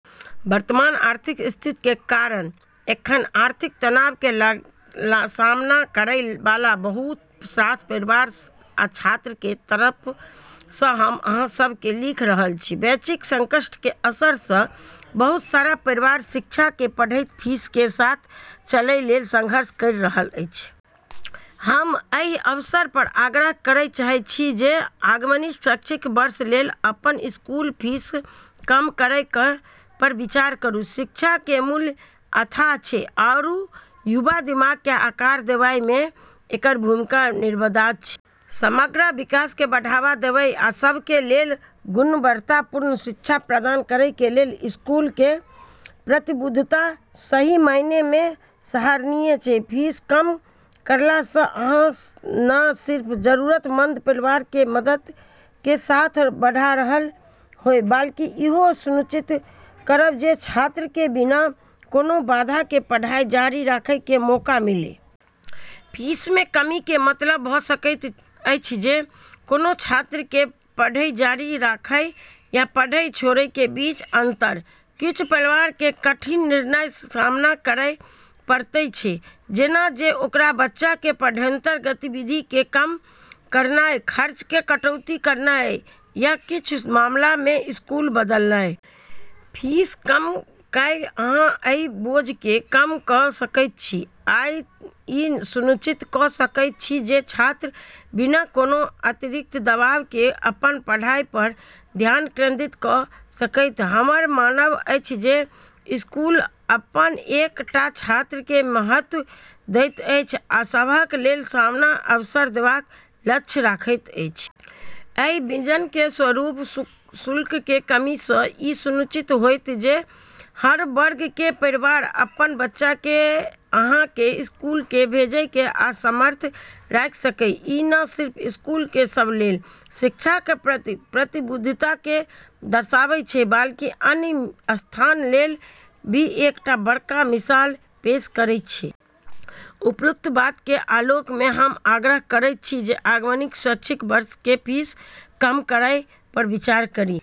वर्तमान आर्थिक स्थिति के कारण एखन आर्थिक तनाव के सामना करय वाला बहुत रास परिवार आ छात्र के तरफ सँ हम अहाँ सब के लिखि रहल छी। वैश्विक संकट के असर सँ बहुत सारा परिवार शिक्षा के बढ़ैत फीस के साथ चलै लेल संघर्ष करि रहल छै। हम एहि अवसर पर आग्रह करय चाहैत छी जे आगामी शैक्षणिक वर्ष लेल अपन स्कूल फीस कम करय पर विचार करू। शिक्षा के मूल्य अथाह छै आरू युवा दिमाग के आकार देबय मे एकर भूमिका निर्विवाद छै। समग्र विकास के बढ़ावा देबय आ सब के लेल गुणवत्तापूर्ण शिक्षा प्रदान करय के लेल स्कूल के प्रतिबद्धता सही मायने मे सराहनीय छै। फीस कम करला सँ अहाँ न सिर्फ जरूरतमंद परिवार के मदद के हाथ बढ़ा रहल होएब बल्कि इहो सुनिश्चित करब जे छात्र के बिना कोनो बाधा के पढ़ाई जारी राखय के मौका मिलय। फीस मे कमी के मतलब भ सकैत अछि जे कोनो छात्र के पढ़ाई जारी राखय या पढ़ाई छोड़य के बीच अंतर। किछु परिवार के कठिन निर्णयक सामना करय पड़ैत छै, जेना जे ओकर बच्चा के पाठ्येतर गतिविधि के कम करनाय, खर्च मे कटौती करनाय या किछु मामला मे स्कूल बदलनाय। फीस कम कय अहाँ एहि बोझ के कम क सकैत छी आ इ सुनिश्चित क सकैत छी जे छात्र बिना कोनो अतिरिक्त दबाव के अपन पढ़ाई पर ध्यान केंद्रित क सकथि। हमर मानब अछि जे स्कूल अपन एक-एकटा छात्र के महत्व दैत अछि आ सबहक लेल समान अवसर देबाक लक्ष्य राखैत अछि। एहि विजन के अनुरूप शुल्क मे कमी सँ ई सुनिश्चित होएत जे हर वर्ग के परिवार अपन बच्चा के अहाँ के स्कूल मे भेजय के सामर्थ्य राखि सकय। ई न सिर्फ स्कूल के सब लेल शिक्षा के प्रति प्रतिबद्धता के दर्शाबै छै बल्कि अन्य संस्थान लेल भी एकटा बडका मिसाल पेश करै छै। उपरोक्त बात के आलोक मे हम आग्रह करैत छी जे आगामी शैक्षणिक वर्ष के फीस कम करय पर विचार करी।